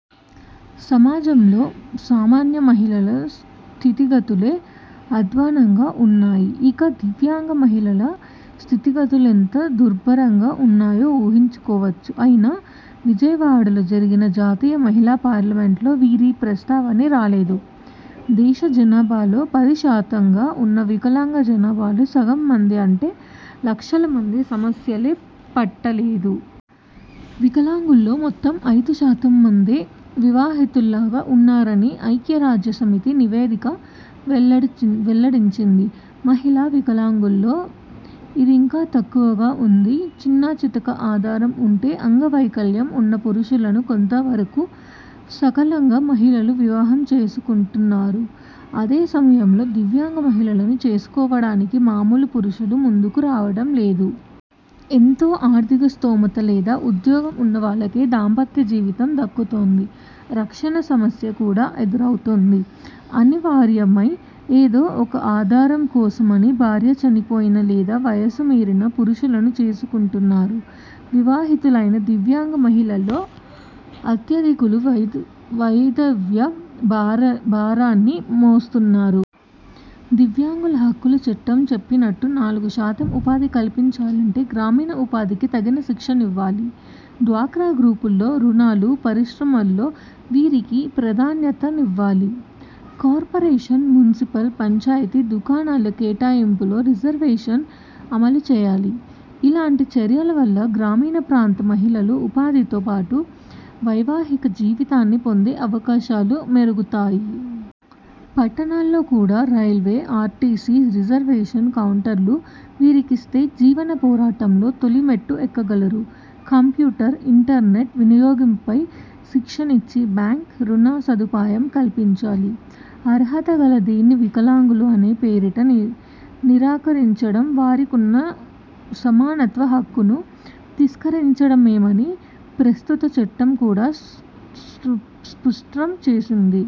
సమాజంలో సామాన్య మహిళల స్థితిగతులే అధ్వానంగా ఉన్నాయి. ఇక దివ్యాంగ మహిళల స్థితిగతులెంత దుర్భరంగా ఉన్నాయో ఊహించుకోవచ్చు. అయినా విజయవాడలో జరిగిన జాతీయ మహిళా పార్లమెంటులో వీరి ప్రస్తావనే రాలేదు. దేశ జనాభాలో పది శాతంగా ఉన్న వికలాంగ జనాభాలో సగం మంది అంటే లక్షల మంది సమస్యలే పట్టలేదు. వికలాంగుల్లో మొత్తం ఐదు శాతం మందే వివాహితులుగా ఉన్నారని ఐక్యరాజ్య సమితి నివేదిక వెల్లడించింది. మహిళా వికలాంగుల్లో ఇదింకా తక్కువగా ఉంది. చిన్నాచితక ఆధారం ఉంటే అంగవైకల్యం ఉన్న పురుషులను కొంత వరకూ సకలాంగ మహిళలు వివాహం చేసుకుంటున్నారు. అదే సమయంలో దివ్యాంగ మహిళలను చేసుకోవడానికి మామూలు పురుషులు ముందుకు రావడం లేదు. ఎంతో ఆర్థిక స్థోమత లేదా ఉద్యోగం ఉన్న వాళ్ళకే దాంపత్య జీవితం దక్కుతోంది. రక్షణ సమస్య కూడా ఎదురౌతోంది. అనివార్యమై ఏదో ఒక ఆధారం కోసమని భార్య చనిపోయిన లేదా వయసు మీరిన పురుషులను చేసుకుంటున్నారు. వివాహితులైన దివ్యాంగ మహిళల్లో అత్యధికులు వైధవ్య భారాన్ని మోస్తున్నారు. దివ్యాంగుల హక్కుల చట్టం చెప్పినట్టు నాలుగు శాతం ఉపాధి కల్పించాలంటే గ్రామీణ ఉపాధికి తగిన శిక్షణనివ్వాలి. డ్వాక్రా గ్రూపుల్లో రుణాలు, పరిశ్రమల్లో వీరికి ప్రాధాన్యతనివ్వాలి. కార్పొరేషన్, మున్సిపల్, పంచాయతీ దుకాణాల కేటాయింపుల్లో రిజర్వేషన్ అమలుచేయాలి. ఇలాంటి చర్యల వల్ల గ్రామీణ ప్రాంత మహిళలు ఉపాధితో పాటు వైవాహిక జీవితాన్ని పొందే అవకాశాలు మెరుగుతాయి. పట్టణాల్లో కూడా రైల్వే, ఆర్టీసీ రిజర్వేషను కౌంటర్లు వీరికిస్తే జీవన పోరాటంలో తొలి మెట్టు ఎక్కగలరు. కంప్యూటర్, ఇంటర్నెట్ల వినియోగంపై శిక్షణనిచ్చి, బ్యాంకు రుణసదుపాయం కల్పించాలి. అర్హతగల దేన్నీ వికలాంగులు అనే పేరిట నిరాకరించడం వారికున్న సమానత్వ హక్కును తిరస్కరించడమేనని ప్రస్తుత చట్టం కూడా స్పష్టం చేసింది.